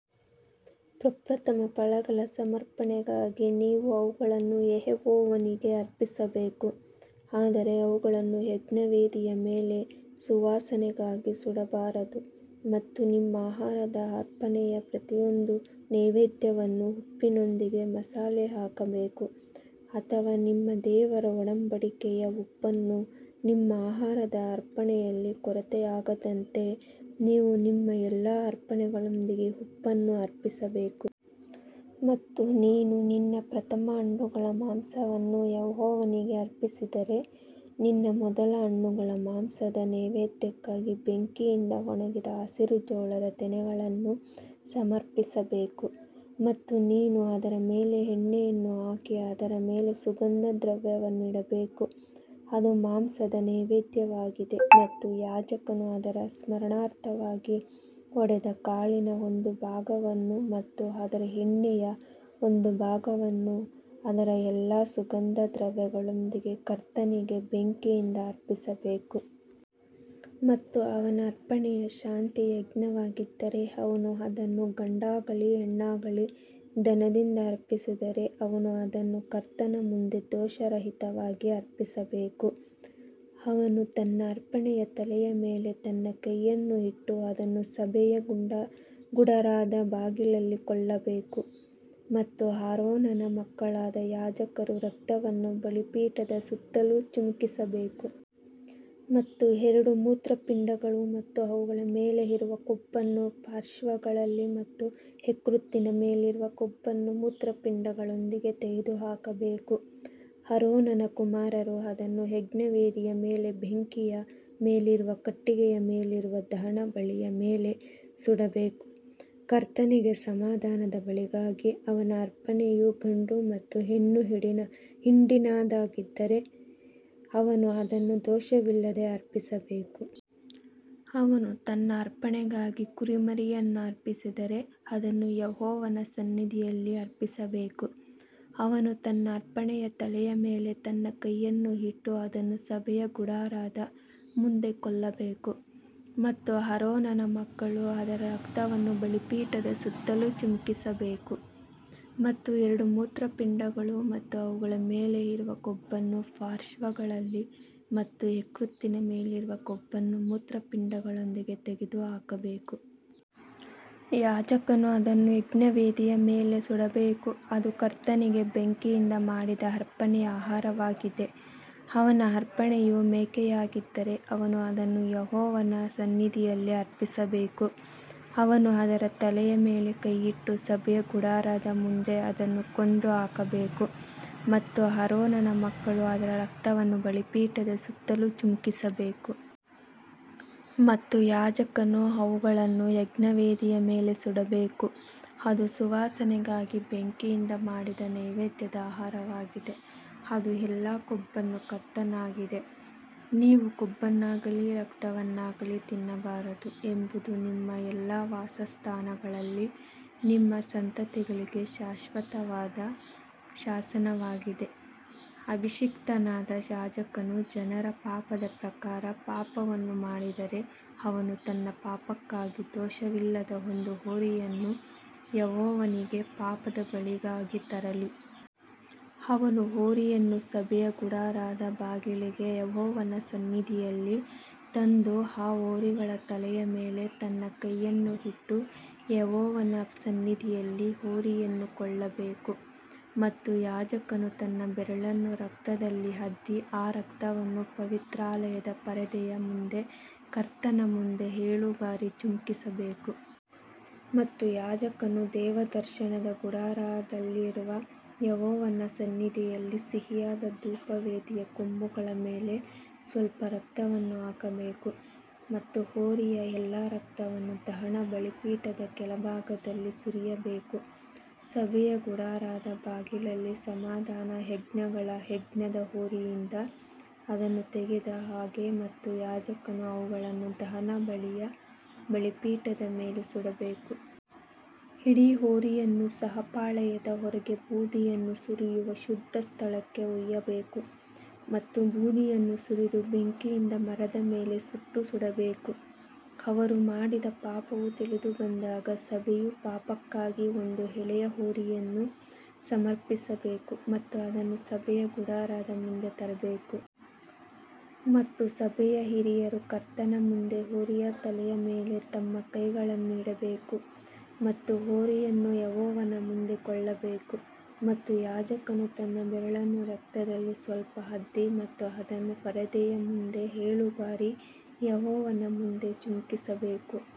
ಪ್ರಪ್ರಥಮ ಫಲಗಳ ಸಮರ್ಪಣೆಗಾಗಿ ನೀವು ಅವುಗಳನ್ನು ಯೆಹೋವನಿಗೆ ಅರ್ಪಿಸಬೇಕು ಆದರೆ ಅವುಗಳನ್ನು ಯಜ್ಞವೇದಿಯ ಮೇಲೆ ಸುವಾಸನೆಗಾಗಿ ಸುಡಬಾರದು. ಮತ್ತು ನಿಮ್ಮ ಆಹಾರದ ಅರ್ಪಣೆಯ ಪ್ರತಿಯೊಂದು ನೈವೇದ್ಯವನ್ನು ಉಪ್ಪಿನೊಂದಿಗೆ ಮಸಾಲೆ ಹಾಕಬೇಕು ಅಥವಾ ನಿಮ್ಮ ದೇವರ ಒಡಂಬಡಿಕೆಯ ಉಪ್ಪನ್ನು ನಿಮ್ಮ ಆಹಾರದ ಅರ್ಪಣೆಯಲ್ಲಿ ಕೊರತೆಯಾಗದಂತೆ ನೀವು ನಿಮ್ಮ ಎಲ್ಲಾ ಅರ್ಪಣೆಗಳೊಂದಿಗೆ ಉಪ್ಪನ್ನು ಅರ್ಪಿಸಬೇಕು. ಮತ್ತು ನೀನು ನಿನ್ನ ಪ್ರಥಮ ಹಣ್ಣುಗಳ ಮಾಂಸವನ್ನು ಯೆಹೋವನಿಗೆ ಅರ್ಪಿಸಿದರೆ, ನಿನ್ನ ಮೊದಲ ಹಣ್ಣುಗಳ ಮಾಂಸದ ನೈವೇದ್ಯಕ್ಕಾಗಿ ಬೆಂಕಿಯಿಂದ ಒಣಗಿದ ಹಸಿರು ಜೋಳದ ತೆನೆಗಳನ್ನು ಸಮರ್ಪಿಸಬೇಕು. ಮತ್ತು ನೀನು ಅದರ ಮೇಲೆ ಎಣ್ಣೆಯನ್ನು ಹಾಕಿ ಅದರ ಮೇಲೆ ಸುಗಂಧ ದ್ರವ್ಯವನ್ನು ಇಡಬೇಕು ಅದು ಮಾಂಸದ ನೈವೇದ್ಯವಾಗಿದೆ ಮತ್ತು ಯಾಜಕನು ಅದರ ಸ್ಮರಣಾರ್ಥವಾಗಿ ಹೊಡೆದ ಕಾಳಿನ ಒಂದು ಭಾಗವನ್ನು ಮತ್ತು ಅದರ ಎಣ್ಣೆಯ ಒಂದು ಭಾಗವನ್ನು ಅದರ ಎಲ್ಲಾ ಸುಗಂಧ ದ್ರವ್ಯಗಳೊಂದಿಗೆ ಕರ್ತನಿಗೆ ಬೆಂಕಿಯಿಂದ ಅರ್ಪಿಸಬೇಕು. ಮತ್ತು ಅವನ ಅರ್ಪಣೆಯು ಶಾಂತಿಯ ಯಜ್ಞವಾಗಿದ್ದರೆ ಅವನು ಅದನ್ನು ಗಂಡಾಗಲಿ ಹೆಣ್ಣಾಗಲಿ ದನದಿಂದ ಅರ್ಪಿಸಿದರೆ ಅವನು ಅದನ್ನು ಕರ್ತನ ಮುಂದೆ ದೋಷರಹಿತವಾಗಿ ಅರ್ಪಿಸಬೇಕು. ಅವನು ತನ್ನ ಅರ್ಪಣೆಯ ತಲೆಯ ಮೇಲೆ ತನ್ನ ಕೈಯನ್ನು ಇಟ್ಟು ಅದನ್ನು ಸಭೆಯ ಗುಡಾರದ ಬಾಗಿಲಲ್ಲಿ ಕೊಲ್ಲಬೇಕು ಮತ್ತು ಆರೋನನ ಮಕ್ಕಳಾದ ಯಾಜಕರು ರಕ್ತವನ್ನು ಬಲಿಪೀಠದ ಸುತ್ತಲೂ ಚಿಮುಕಿಸಬೇಕು. ಮತ್ತು ಎರಡು ಮೂತ್ರಪಿಂಡಗಳು ಮತ್ತು ಅವುಗಳ ಮೇಲೆ ಇರುವ ಕೊಬ್ಬನ್ನು ಪಾರ್ಶ್ವಗಳಲ್ಲಿ ಮತ್ತು ಯಕೃತ್ತಿನ ಮೇಲಿರುವ ಕೊಬ್ಬನ್ನು ಮೂತ್ರಪಿಂಡಗಳೊಂದಿಗೆ ತೆಗೆದುಹಾಕಬೇಕು. ಆರೋನನ ಕುಮಾರರು ಅದನ್ನು ಯಜ್ಞವೇದಿಯ ಮೇಲೆ ಬೆಂಕಿಯ ಮೇಲಿರುವ ಕಟ್ಟಿಗೆಯ ಮೇಲಿರುವ ದಹನಬಲಿಯ ಮೇಲೆ ಸುಡಬೇಕು. ಕರ್ತನಿಗೆ ಸಮಾಧಾನದ ಬಲಿಗಾಗಿ ಅವನ ಅರ್ಪಣೆಯು ಗಂಡು ಅಥವಾ ಹೆಣ್ಣು ಹಿಂಡಿನದ್ದಾಗಿದ್ದರೆ ಅವನು ಅದನ್ನು ದೋಷವಿಲ್ಲದೆ ಅರ್ಪಿಸಬೇಕು. ಅವನು ತನ್ನ ಅರ್ಪಣೆಗಾಗಿ ಕುರಿಮರಿಯನ್ನು ಅರ್ಪಿಸಿದರೆ ಅದನ್ನು ಯೆಹೋವನ ಸನ್ನಿಧಿಯಲ್ಲಿ ಅರ್ಪಿಸಬೇಕು ಅವನು ತನ್ನ ಅರ್ಪಣೆಯ ತಲೆಯ ಮೇಲೆ ತನ್ನ ಕೈಯನ್ನು ಇಟ್ಟು ಅದನ್ನು ಸಭೆಯ ಗುಡಾರದ ಮುಂದೆ ಕೊಲ್ಲಬೇಕು ಮತ್ತು ಆರೋನನ ಮಕ್ಕಳು ಅದರ ರಕ್ತವನ್ನು ಬಲಿಪೀಠದ ಸುತ್ತಲೂ ಚಿಮುಕಿಸಬೇಕು. ಮತ್ತು ಎರಡು ಮೂತ್ರಪಿಂಡಗಳು ಮತ್ತು ಅವುಗಳ ಮೇಲೆ ಇರುವ ಕೊಬ್ಬನ್ನು ಪಾರ್ಶ್ವಗಳಲ್ಲಿ ಮತ್ತು ಯಕೃತ್ತಿನ ಮೇಲಿರುವ ಕೊಬ್ಬನ್ನು ಮೂತ್ರಪಿಂಡಗಳೊಂದಿಗೆ ತೆಗೆದುಹಾಕಬೇಕು. ಯಾಜಕನು ಅದನ್ನು ಯಜ್ಞವೇದಿಯ ಮೇಲೆ ಸುಡಬೇಕು ಅದು ಕರ್ತನಿಗೆ ಬೆಂಕಿಯಿಂದ ಮಾಡಿದ ಅರ್ಪಣೆಯ ಆಹಾರವಾಗಿದೆ. ಅವನ ಅರ್ಪಣೆಯು ಮೇಕೆಯಾಗಿದ್ದರೆ ಅವನು ಅದನ್ನು ಯೆಹೋವನ ಸನ್ನಿಧಿಯಲ್ಲಿ ಅರ್ಪಿಸಬೇಕು ಅವನು ಅದರ ತಲೆಯ ಮೇಲೆ ಕೈಯಿಟ್ಟು ಸಭೆಯ ಗುಡಾರದ ಮುಂದೆ ಅದನ್ನು ಕೊಂದು ಹಾಕಬೇಕು ಮತ್ತು ಆರೋನನ ಮಕ್ಕಳು ಅದರ ರಕ್ತವನ್ನು ಬಲಿಪೀಠದ ಸುತ್ತಲೂ ಚಿಮುಕಿಸಬೇಕು. ಮತ್ತು ಯಾಜಕನು ಅವುಗಳನ್ನು ಯಜ್ಞವೇದಿಯ ಮೇಲೆ ಸುಡಬೇಕು, ಅದು ಸುವಾಸನೆಗಾಗಿ ಬೆಂಕಿಯಿಂದ ಮಾಡಿದ ನೈವೇದ್ಯದ ಆಹಾರವಾಗಿದೆ, ಅದು ಎಲ್ಲಾ ಕೊಬ್ಬನ್ನು ಕರ್ತನಾಗಿದೆ. ನೀವು ಕೊಬ್ಬನ್ನಾಗಲಿ ರಕ್ತವನ್ನಾಗಲಿ ತಿನ್ನಬಾರದು ಎಂಬುದು ನಿಮ್ಮ ಎಲ್ಲಾ ವಾಸಸ್ಥಾನಗಳಲ್ಲಿ ನಿಮ್ಮ ಸಂತತಿಗಳಿಗೆ ಶಾಶ್ವತವಾದ ಶಾಸನವಾಗಿದೆ. ಅಭಿಷಿಕ್ತನಾದ ಯಾಜಕನು ಜನರ ಪಾಪದ ಪ್ರಕಾರ ಪಾಪವನ್ನು ಮಾಡಿದರೆ ಅವನು ತನ್ನ ಪಾಪಕ್ಕಾಗಿ ದೋಷವಿಲ್ಲದ ಒಂದು ಹೋರಿಯನ್ನು ಯೆಹೋವನಿಗೆ ಪಾಪದ ಬಲಿಗಾಗಿ ತರಲಿ. ಅವನು ಹೋರಿಯನ್ನು ಸಭೆಯ ಗುಡಾರದ ಬಾಗಿಲಿಗೆ ಯೆಹೋವನ ಸನ್ನಿಧಿಯಲ್ಲಿ ತಂದು ಆ ಹೋರಿಗಳ ತಲೆಯ ಮೇಲೆ ತನ್ನ ಕೈಯನ್ನು ಇಟ್ಟು ಯೆಹೋವನ ಸನ್ನಿಧಿಯಲ್ಲಿ ಹೋರಿಯನ್ನು ಕೊಲ್ಲಬೇಕು. ಮತ್ತು ಯಾಜಕನು ತನ್ನ ಬೆರಳನ್ನು ರಕ್ತದಲ್ಲಿ ಅದ್ದಿ ಆ ರಕ್ತವನ್ನು ಪವಿತ್ರಾಲಯದ ಪರದೆಯ ಮುಂದೆ ಕರ್ತನ ಮುಂದೆ ಏಳು ಬಾರಿ ಚಿಮುಕಿಸಬೇಕು. ಮತ್ತು ಯಾಜಕನು ದೇವದರ್ಶನದ ಗುಡಾರದಲ್ಲಿರುವ ಯೆಹೋವನ ಸನ್ನಿಧಿಯಲ್ಲಿ ಸಿಹಿಯಾದ ಧೂಪವೇದಿಯ ಕೊಂಬುಗಳ ಮೇಲೆ ಸ್ವಲ್ಪ ರಕ್ತವನ್ನು ಹಾಕಬೇಕು ಮತ್ತು ಹೋರಿಯ ಎಲ್ಲಾ ರಕ್ತವನ್ನು ದಹನ ಬಲಿಪೀಠದ ಕೆಳಭಾಗದಲ್ಲಿ ಸುರಿಯಬೇಕು. ಸಭೆಯ ಗುಡಾರದ ಬಾಗಿಲಲ್ಲಿ ಸಮಾಧಾನಯಜ್ಞಗಳ ಯಜ್ಞದ ಹೋರಿಯಿಂದ ಅದನ್ನು ತೆಗೆದ ಹಾಗೆ ಮತ್ತು ಯಾಜಕನು ಅವುಗಳನ್ನು ದಹನಬಲಿಯ ಬಲಿಪೀಠದ ಮೇಲೆ ಸುಡಬೇಕು. ಇಡೀ ಹೋರಿಯನ್ನು ಸಹ ಪಾಳೆಯದ ಹೊರಗೆ ಬೂದಿಯನ್ನು ಸುರಿಯುವ ಶುದ್ಧ ಸ್ಥಳಕ್ಕೆ ಒಯ್ಯಬೇಕು ಮತ್ತು ಬೂದಿಯನ್ನು ಸುರಿದು ಬೆಂಕಿಯಿಂದ ಮರದ ಮೇಲೆ ಸುಟ್ಟು ಸುಡಬೇಕು. ಅವರು ಮಾಡಿದ ಪಾಪವು ತಿಳಿದುಬಂದಾಗ ಸಭೆಯು ಪಾಪಕ್ಕಾಗಿ ಒಂದು ಎಳೆಯ ಹೋರಿಯನ್ನು ಸಮರ್ಪಿಸಬೇಕು ಮತ್ತು ಅದನ್ನು ಸಭೆಯ ಗುಡಾರದ ಮುಂದೆ ತರಬೇಕು. ಮತ್ತು ಸಭೆಯ ಹಿರಿಯರು ಕರ್ತನ ಮುಂದೆ ಹೋರಿಯ ತಲೆಯ ಮೇಲೆ ತಮ್ಮ ಕೈಗಳನ್ನು ಇಡಬೇಕು ಮತ್ತು ಹೋರಿಯನ್ನು ಯೆಹೋವನ ಮುಂದೆ ಕೊಲ್ಲಬೇಕು. ಮತ್ತು ಯಾಜಕನು ತನ್ನ ಬೆರಳನ್ನು ರಕ್ತದಲ್ಲಿ ಸ್ವಲ್ಪ ಅದ್ದಿ ಮತ್ತು ಅದನ್ನು ಪರದೆಯ ಮುಂದೆ ಏಳು ಬಾರಿ ಯೆಹೋವನ ಮುಂದೆ ಚಿಮುಕಿಸಬೇಕು.